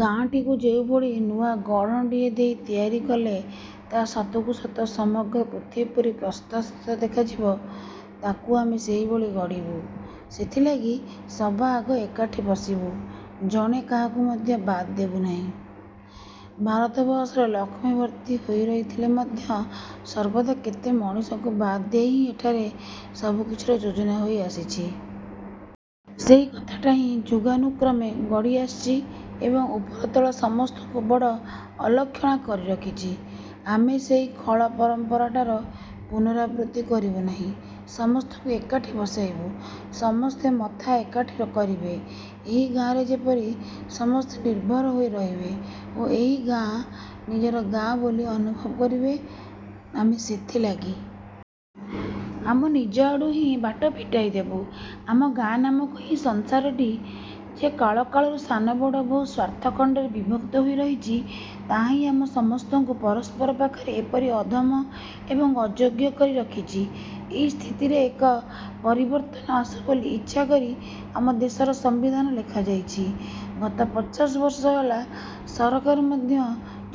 ଗାଆଁଟିକୁ ଯେଉଁଭଳି ନୂଆ ଗଢ଼ଣଟିଏ ଦେଇ ତିଆରି କଲେ ତାହା ସତକୁ ସତ ସମଗ୍ର ପୃଥିବୀ ପରି ପ୍ରଶସ୍ତ ଦେଖାଯିବ, ତାକୁ ଆମେ ସେହିଭଳି ଗଢ଼ିବୁ-। ସେଥିଲାଗି ସବାଆଗ ଏକାଠି ବସିବୁ। ଜଣେ କାହାକୁ ମଧ୍ୟ ବାଦ୍ ଦେବୁ ନାହିଁ। ଭାରତବର୍ଷରେ ଲକ୍ଷ୍ମୀ ଭର୍ତ୍ତି ହୋଇ ରହିଥିଲେ ମଧ୍ୟ ସର୍ବଦା କେତେ ମଣିଷଙ୍କୁ ବାଦ୍ ଦେଇ ହିଁ ଏଠାରେ ସବୁକିଛିର ଯୋଜନା ହୋଇ ଆସିଛି। ସେହି କଥାଟା ହିଁ ଯୁଗାନୁକ୍ରମେ ଗଡ଼ି ଆସିଛି ଏବଂ ଉପର ତଳ ସମସ୍ତଙ୍କୁ ବଡ଼ ଅଲକ୍ଷଣା କରି ରଖିଛି। ଆମେ ସେହି ଖଳ ପରମ୍ପରାଟାର ପୁନରାବୃତ୍ତି କରିବୁ ନାହିଁ। ସମସ୍ତଙ୍କୁ ଏକାଠି ବସାଇବୁ। ସମସ୍ତେ ମଥା ଏକାଠି କରିବେ,- ଏହି ଗାଆଁରେ ଯେପରି ସମସ୍ତେ ନିର୍ଭୟ ହୋଇ ରହିବେ ଓ ଏହି ଗାଆଁ ନିଜର ଗାଆଁ ବୋଲି ଅନୁଭବ କରିପାରିବେ, ଆମେ ସେଥିଲାଗି। ଆମ ନିଜଆଡ଼ୁ ହିଁ ବାଟ ଫିଟାଇଦେବୁ। ଆମର ଗାଆଁ ନାମକ ଏହି ସଂସାରଟି ଯେ କାଳକାଳରୁ ସାନ ବଡ଼ ବହୁ ସ୍ଵାର୍ଥଖଣ୍ଡରେ ବିଭକ୍ତ ହୋଇ ରହିଛି, ତାହାହିଁ ଆମ ସମସ୍ତଙ୍କୁ ପରସ୍ପର ପାଖରେ ଏପରି ଅଧମ ଏବଂ ଅଯୋଗ୍ୟ କରି ରଖିଛି। ଏହି ସ୍ଥିତିରେ ଏକ ପରିବର୍ତ୍ତନ ଆସୁ ବୋଲି ଇଚ୍ଛା କରି ଆମ ଦେଶର ସମ୍ବିଧାନ ଲେଖାଯାଇଛି, ଗତ ପଚାଶବର୍ଷ ହେଲା ସରକାର ମଧ୍ୟ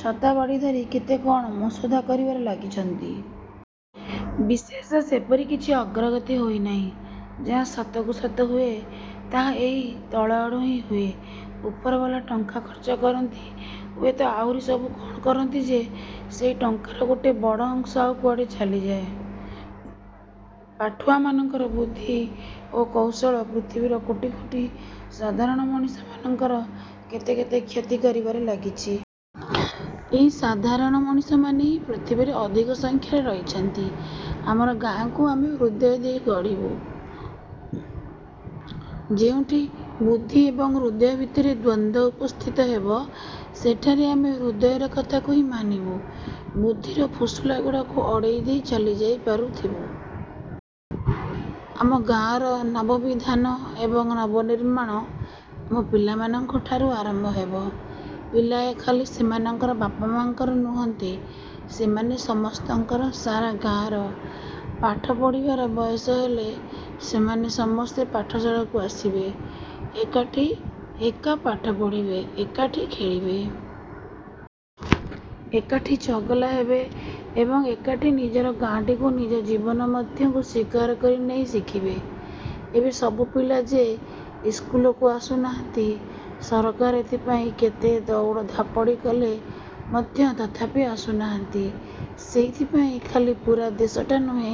ଛତାବାଡ଼ି ଧରି କେତେ କ'ଣ ମସୁଧା କରିବାରେ ଲାଗିଛନ୍ତି। ବିଶେଷ ସେପରି କିଛି ଅଗ୍ରଗତି ହୋଇନାହିଁ। ଯାହା ସତକୁ ସତ ହୁଏ, ତାହା ଏହି ତଳଆଡୁ ହିଁ ହୁଏ। ଉପରବାଲା ଟଙ୍କା ଖରଚ କରନ୍ତି; ହୁଏତ ଆହୁରି ସବୁ କ'ଣ କରନ୍ତି ଯେ, ସେହି ଟଙ୍କାର ଗୋଟାଏ ବଡ଼ ଅଂଶ ଆଉ କୁଆଡ଼େ ଚାଲିଯାଏ। ପାଠୁଆ ମାନଙ୍କର ବୁଦ୍ଧି ଓ କୌଶଳ ପୃଥିବୀର କୋଟି କୋଟି ସାଧାରଣ ମଣିଷ ମାନଙ୍କର କେତେକେତେ କ୍ଷତି କରିବାରେ ଲାଗିଛି। ଏହି ସାଧାରଣ ମଣିଷମାନେ ହିଁ ପୃଥିବୀରେ ଅଧିକ ସଂଖ୍ୟାରେ ରହିଛନ୍ତି। ଆମର ଗାଆଁକୁ ଆମେ ହୃଦୟ ଦେଇ ଗଢ଼ିବୁ। ଯେଉଁଠି ବୁଦ୍ଧି ଏବଂ ହୃଦୟ ଭିତରେ ଦ୍ୱନ୍ଦ ଉପସ୍ଥିତ ହେବ, ସେଠାରେ ଆମେ ହୃଦୟର କଥାକୁ ହିଁ ମାନିବୁ। ବୁଦ୍ଧିର ଫୁସୁଲା ଗୁଡ଼ାକୁ ଅଡ଼େଇ ଦେଇ ଚାଲିଯାଇ ପାରୁଥିବୁ। ଆମ ଗାଆଁର ନବବିଧାନ ଏବଂ ନବନିର୍ମାଣ ଆମ ପିଲାମାନଙ୍କ ଠାରୁ ଆରମ୍ଭ ହେବ। ପିଲାଏ ଖାଲି ସେମାନଙ୍କର ବାପମାଆଙ୍କର ନୁହନ୍ତି, ସେମାନେ ସମସ୍ତଙ୍କର, ସାରା ଗାଆଁର। ପାଠ ପଢ଼ିବାର ବୟସ ହେଲେ ସେମାନେ ସମସ୍ତେ ପାଠଶାଳାକୁ ଆସିବେ। ଏକାଠି ଏକା ପାଠ ପଢ଼ିବେ। ଏକାଠି ଖେଳିବେ। ଏକାଠି ଚଗଲା ହେବେ ଏବଂ ଏକାଠି ନିଜର ଗାଆଁଟିକୁ ନିଜ ଜୀବନ ମଧ୍ୟକୁ ସ୍ୱୀକାର କରି ନେଇ ଶିଖିବେ। ଏବେ ସବୁ ପିଲା ଯେ ଇସ୍କୁଲକୁ ଆସୁନାହାନ୍ତି, ସରକାର ଏଥିପାଇଁ କେତେ ଦଉଡ଼ଧାପଡ଼ି କଲେ ମଧ୍ୟ ତଥାପି ଆସୁନାହାନ୍ତି, ସେଇଥିପାଇଁ ଖାଲି ପୂରା ଦେଶଟା ନୁହେଁ,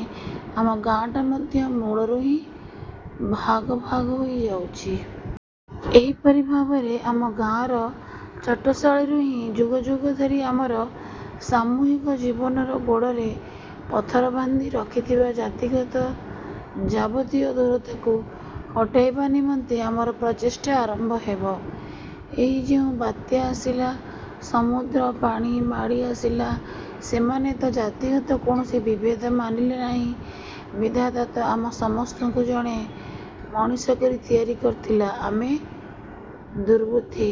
ଆମ ଗାଆଁଟା ମଧ୍ୟ ମୂଳରୁ ହିଁ ଭାଗଭାଗ ହୋଇ ଯାଉଛି। ଏହିପରି ଭାବରେ ଆମ ଗାଆଁର ଚାଟଶାଳୀରୁ ହିଁ ଯୁଗ ଯୁଗ ଧରି ଆମର ସାମୂହିକ ଜୀବନର ଗୋଡ଼ରେ ପଥର ବାନ୍ଧି ରଖିଥବା ଜାତିଗତ ଯାବତୀୟ ଦୂରତାକୁ ହଟାଇବା ନିମନ୍ତେ ଆମର ପ୍ରଚେଷ୍ଟା ଆରମ୍ଭ ହେବ। ଏହି ଯେଉଁ ବାତ୍ୟା ଆସିଲା, ସମୁଦ୍ର ପାଣି ମାଡ଼ି ଆସିଲା, ସେମାନେ ତ ଜାତିଗତ କୌଣସି ବିଭେଦ ମାନିଲେ ନାହିଁ। ବିଧାତାତ ଆମ ସମସ୍ତଙ୍କୁ ଜଣେ ମଣିଷ କରି ତିଆରି କରିଥିଲା-ଆମେ ଦୁର୍ବୁଦ୍ଧି